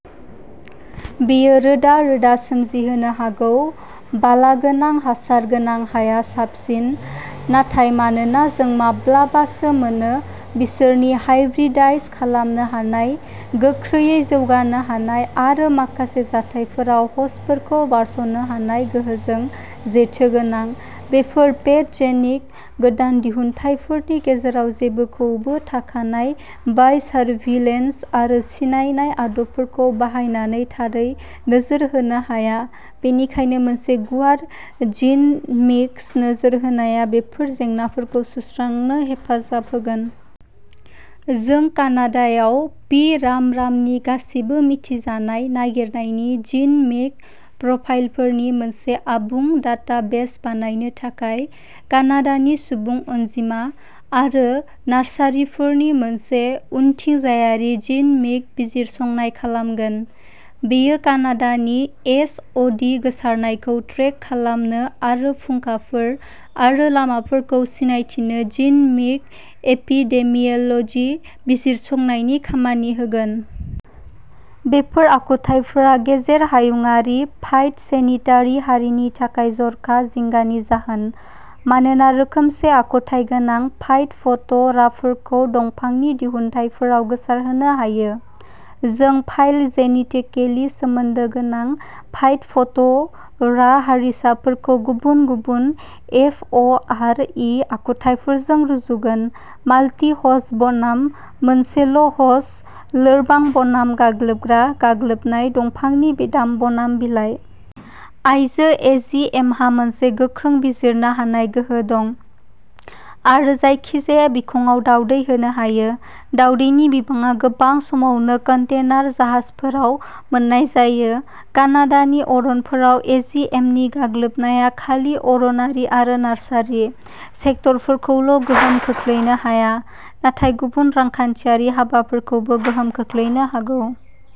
बेयो रोदा-रोदा सोमजिहोनो हागौ। बालागोनां हासार गोनां हाया साबसिन, नाथाय मानोना जों माब्लाबासो मोनो। बिसोरनि हाइब्रिदाइज खालामनो हानाय, गोख्रैयै जौगानो हानाय आरो माखासे जाथायफोराव हस्टफोरखौ बारस'नो हानाय गोहोजों जेथो गोनां। बेफोर पेथ'जेनिक गोदान दिहुनथायफोरनि गेजेराव जेबोखौबो थाखानाय बाय'सार्भिलेन्स आरो सिनायनाय आदबफोरखौ बाहायनानै थारै नोजोर होनो हाया, बेनिखायनो मोनसे गुवार जिन'मिक्स नोजोर होनाया बेफोर जेंनाफोरखौ सुस्रांनो हेफाजाब होगोन। जों कानाडायाव पि. राम'रामनि गासिबो मिथिजानाय नागिरनायनि जिन'मिक प्रफाइलफोरनि मोनसे आबुं डाटाबेस बानायनो थाखाय कानाडानि सुबुं अनजिमा आरो नार्सारिफोरनि मोनसे उनथिंजायारि जिन'मिक बिजिरसंनाय खालामगोन। बेयो कानाडानि एस. अ. डि. गोसारनायखौ ट्रेक खालामनो आरो फुंखाफोर आरो लामाफोरखौ सिनायथिनो जिन'मिक एपिडेमिय'ल'जि बिजिरसंनायनि खामानि होगोन। बेफोर आखुथायफोरा गेजेर हायुंआरि फाइट'सेनिटारि हारिनि थाखाय जर'खा जिंगानि जाहोन, मानोना रोखोमसे आखुथाय गोनां फाइट'फथ'राफोरखौ दंफांनि दिहुनथायफोराव गोसारहोनो हायो। जों फाइल'जेनेटिकेलि सोमोन्दो गोनां फाइट'फथ'रा हारिसाफोरखौ गुबुन गुबुन एफ. अ '. आर. इ. आखुथायफोरजों रुजुगोनः माल्टि ह'स्ट बनाम मोनसेल'ह'स्ट, लोरबां बनाम गाग्लोबग्रा गाग्लोबनाय, दंफांनि बिदाम बनाम बिलाइ। आइजो एजिएमहा मोनसे गोख्रों बिरनो हानाय गोहो दं आरो जायखिजाया बिखंआव दावदै होनो हायो; दावदैनि बिबाङा गोबां समावनो कन्टेनार जाहाजफोराव मोननाय जायो। कानाडानि अरनफोराव एजिएमनि गाग्लोबनाया खालि अरनारि आरो नार्सारि सेक्टरफोरखौल'गोहोम खोख्लैनो हाया, नाथाय गुबुन रांखान्थियारि हाबाफोरखौबो गोहोम खोख्लैनो हागौ।